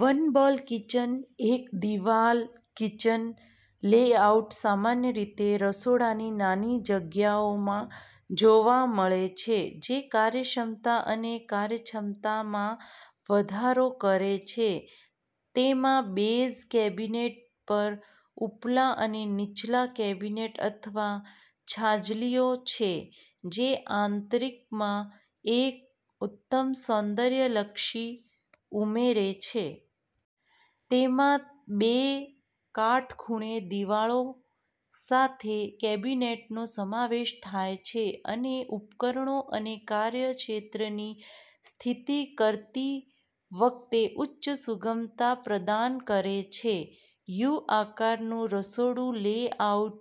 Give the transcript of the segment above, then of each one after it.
One-wall kitchen એક-દિવાલ kitchen layout સામાન્ય રીતે રસોડાની નાની જગ્યાઓમાં જોવા મળે છે જે કાર્યક્ષમતા અને કાર્યક્ષમતામાં વધારો કરે છે. તેમાં બેઝ કેબિનેટ પર ઉપલા અને નીચલા કેબિનેટ અથવા છાજલીઓ છે, જે આંતરિકમાં એક ઉત્તમ સૌંદર્યલક્ષી ઉમેરે છે. તેમાં બે કાટખૂણે દિવાલો સાથે કેબિનેટનો સમાવેશ થાય છે અને ઉપકરણો અને કાર્યક્ષેત્રની સ્થિતિ કરતી વખતે ઉચ્ચ સુગમતા પ્રદાન કરે છે. યુ-આકારનું રસોડુંલેઆઉટ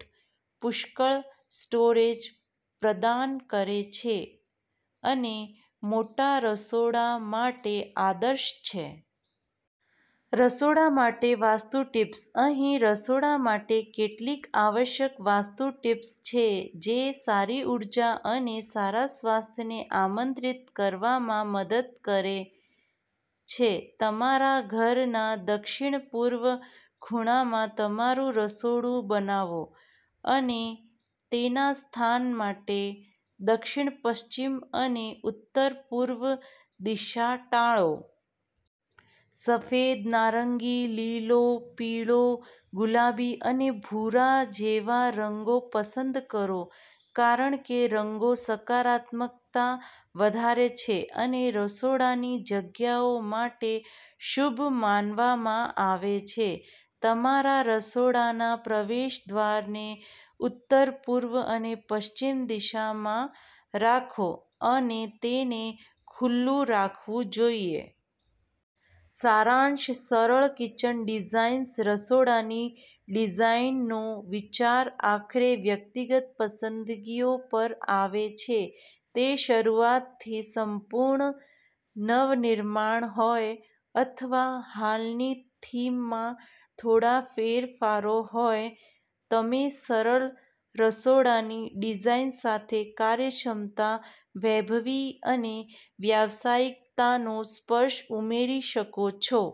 પુષ્કળ સ્ટોરેજ પ્રદાન કરે છે અને મોટા રસોડા માટે આદર્શ છે. રસોડા માટે વાસ્તુ ટિપ્સ અહીં રસોડા માટે કેટલીક આવશ્યક વાસ્તુ ટિપ્સ છે જે સારી ઉર્જા અને સારા સ્વાસ્થ્યને આમંત્રિત કરવામાં મદદ કરે છેતમારા ઘરના દક્ષિણ-પૂર્વ ખૂણામાં તમારું રસોડું બનાવો અને તેના સ્થાન માટે દક્ષિણ-પશ્ચિમ અને ઉત્તર-પૂર્વ દિશા ટાળો. સફેદ, નારંગી, લીલો, પીળો, ગુલાબી અને ભૂરા જેવા રંગો પસંદ કરો કારણ કેરંગો સકારાત્મકતા વધારે છે અને રસોડાની જગ્યાઓ માટે શુભ માનવામાં આવે છે. તમારા રસોડાના પ્રવેશદ્વારને ઉત્તર, પૂર્વ અને પશ્ચિમ દિશામાં રાખો અને તેને ખુલ્લું રાખવું જોઈએ. સારાંશસરળ કિચન ડિઝાઇન્સ રસોડાની ડિઝાઇનનો વિચાર આખરે વ્યક્તિગત પસંદગીઓ પર આવે છે. તે શરૂઆતથી સંપૂર્ણ નવનિર્માણ હોય અથવા હાલની થીમમાં થોડા ફેરફારો હોય, તમેસરળ રસોડાની ડિઝાઇન સાથે કાર્યક્ષમતા, વૈભવી અને વ્યાવસાયિકતાનો સ્પર્શ ઉમેરી શકો છો.